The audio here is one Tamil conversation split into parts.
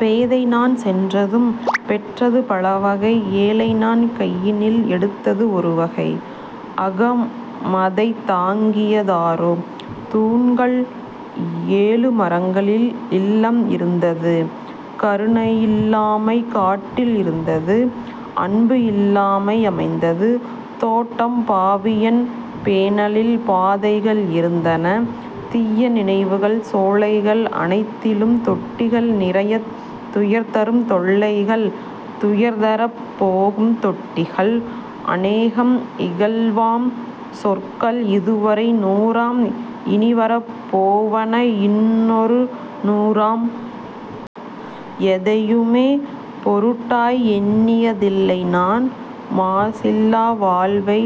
பேதைநான் சென்றதும் பெற்றது பலவகை ஏழைநான் கையினில் எடுத்தது ஒருவகை. அகமதைத் தாங்கிய தாறோ தூண்கள் ஏழு மரங்களில் இல்லம் இருந்தது கருணையில் லாமை காட்டில் இருந்தது அன்புஇல் லாமை அமைந்தது தோட்டம் பாவியென் பேணலில் பாதைகள் இருந்தன தீய நினைவுகள் சோலைகள் அனைத்திலும் தொட்டிகள் நிறையத் துயர்தரும் தொல்லைகள் துயர்தரப் போகும் தொட்டிகள் அனேகம் இகழ்வாம் சொற்கள் இதுவரை நூறாம் இனிவரப் போவன இன்னொரு நூறாம். எதையுமே பொருட்டாய் எண்ணிய தில்லைநான் மாசில்லா வாழ்வை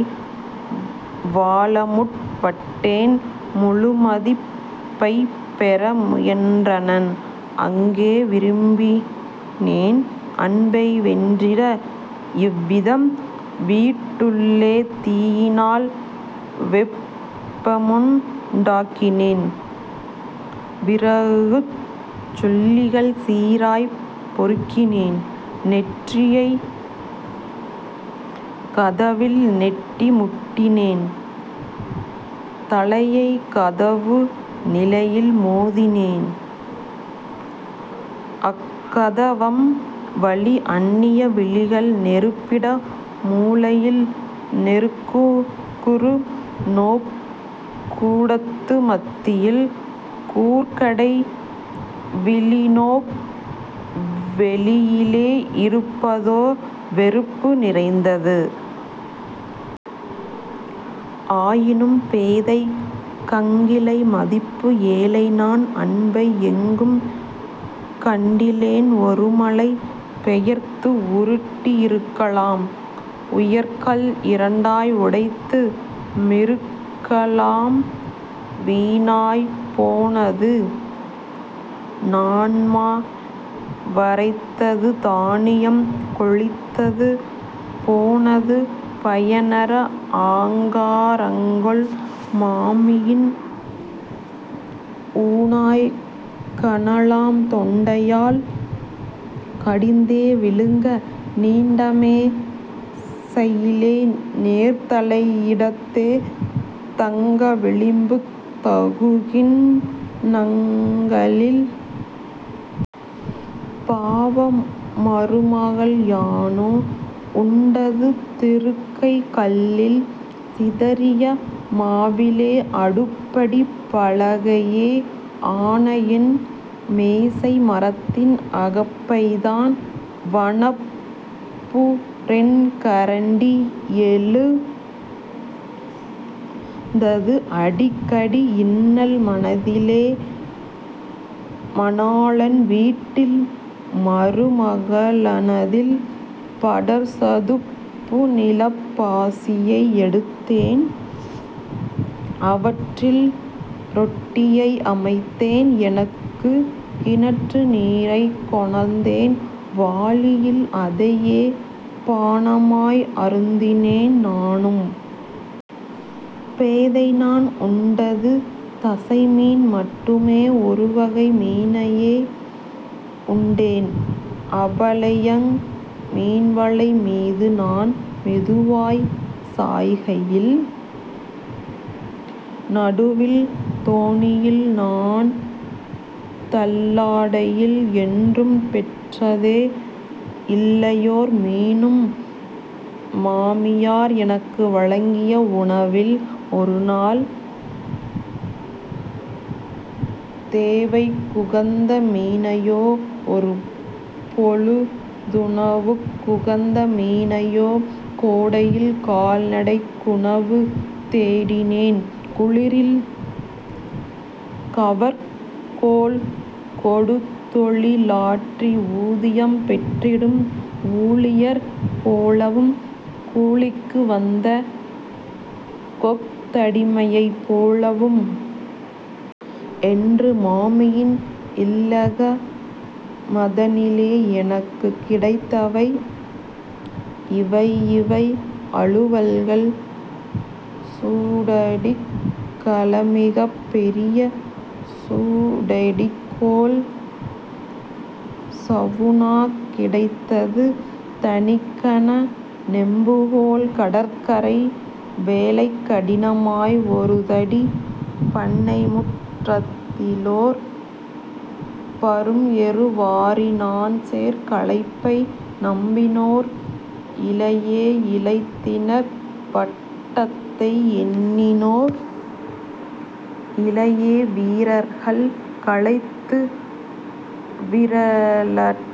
வாழமுற் பட்டேன் முழுமதிப் பைப்பெற முயன்றனன் அங்கே விரும்பினேன் அன்பை வென்றிட இவ்விதம் வீட்டுள்ளே தீயினால் வெப்பமுண் டாக்கினேன் விறகுச் சுள்ளிகள் சிராய்கள் பொறுக்கினேன் நெற்றியைக் கதவில் நெட்டி முட்டினேன் தலையைக் கதவு நிலையில் மோதினேன். அக்கத வம்வழி அன்னிய விழிகள் நெருப்பிட மூலையில் நெருக்குறு நோக்கு கூடத்து மத்தியில் கூர்கடை விழிநோக் வெளியிலே இருப்பதோ வெறுப்பு நிறைந்தது. ஆயினும் பேதைக் கங்கிலை மதிப்பு ஏழைநான் அன்பை எங்கும் கண்டிலேன் ஒருமலை பெயர்த்து உருட்டி யிருக்கலாம் உயர்கல் இரண்டாய் உடைத்து மிருக்கலாம். வீணாய் போனது நான்மா வரைத்தது தானியம் கொழித்தது போனது பயனற ஆங்கா ரங்கொள் மாமியின் ஊணாய் கனலாம் தொண்டையால் கடித்தே விழுங்க நீண்டமே சையிலே நேர்தலை யிடத்தே தங்க விளிம்புத் தகுகிண் ணங்களில். பாவ மருமகள் யானோ உண்டது திருகைக் கல்லில் சிதறிய மாவிலே அடுப்படிப் பலகையே ஆனஎன் மேசை மரத்தின் அகப்பைதான் வனப்புறென் கரண்டி. எழுந்தது அடிக்கடி இன்னல் மனதிலே மணாளன் வீட்டில் மருமக ளானதில் படர்சதுப் புநிலப் பாசியை எடுத்தேன் அவற்றில் ரொட்டியை அமைத்தேன் எனக்கு கிணற்று நீரைக் கொணர்ந்தேன் வாளியில் அதையே பானமாய் அருந்தினேன் நானும். பேதைநான் உண்டது தசைமீன் மட்டுமே ஒருவகை மீனையே உண்டேன் அபலையங் மீன்வலை மீதுநான் மெதுவாய்ச் சாய்கையில் நடுவில் தோணியில் நான்தள் ளாடையில். என்றும் பெற்றதே இல்லையோர் மீனும் மாமியார் எனக்கு வழங்கிய உணவில் ஒருநாள் தேவைக் குகந்த மீனையோ ஒருபொழு துணவுக் குகந்த மீனையோ. கோடையில் கால்நடைக் குணவு தேடினேன் குளிரில் கவர்க்கோல் கொடுதொழி லாற்றி ஊதியம் பெற்றிடும் ஊழியர் போலவும் கூலிக்கு வந்தகொத் தடிமையைப் போலவும். என்றும் மாமியின் இல்லக மதனிலே எனக்குக் கிடைத்தவை இவையிவை அலுவல்கள் சூடடிக் களம்மிகப் பெரியசூ டடிக்கோல் சவுனா கிடைத்தது தனிக்கன நெம்புகோல் கடற்கரை வேலைக் கடினமாய் ஒருதடி பண்ணைமுற் றத்திலோர் பரும்எரு வாரி நான்சேர் களைப்பை நம்பினோர் இலையே இளைத்தினற் பட்டதை எண்ணினோர் இலையே வீரர்கள் களைத்து விறலறச்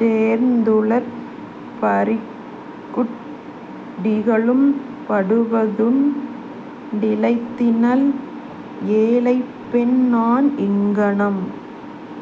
சோர்ந்துளர் பரிக்குட் டிகளும் படுவதுண் டிளைத்தினல். ஏழைப்பெண்நான் இங்ஙனம்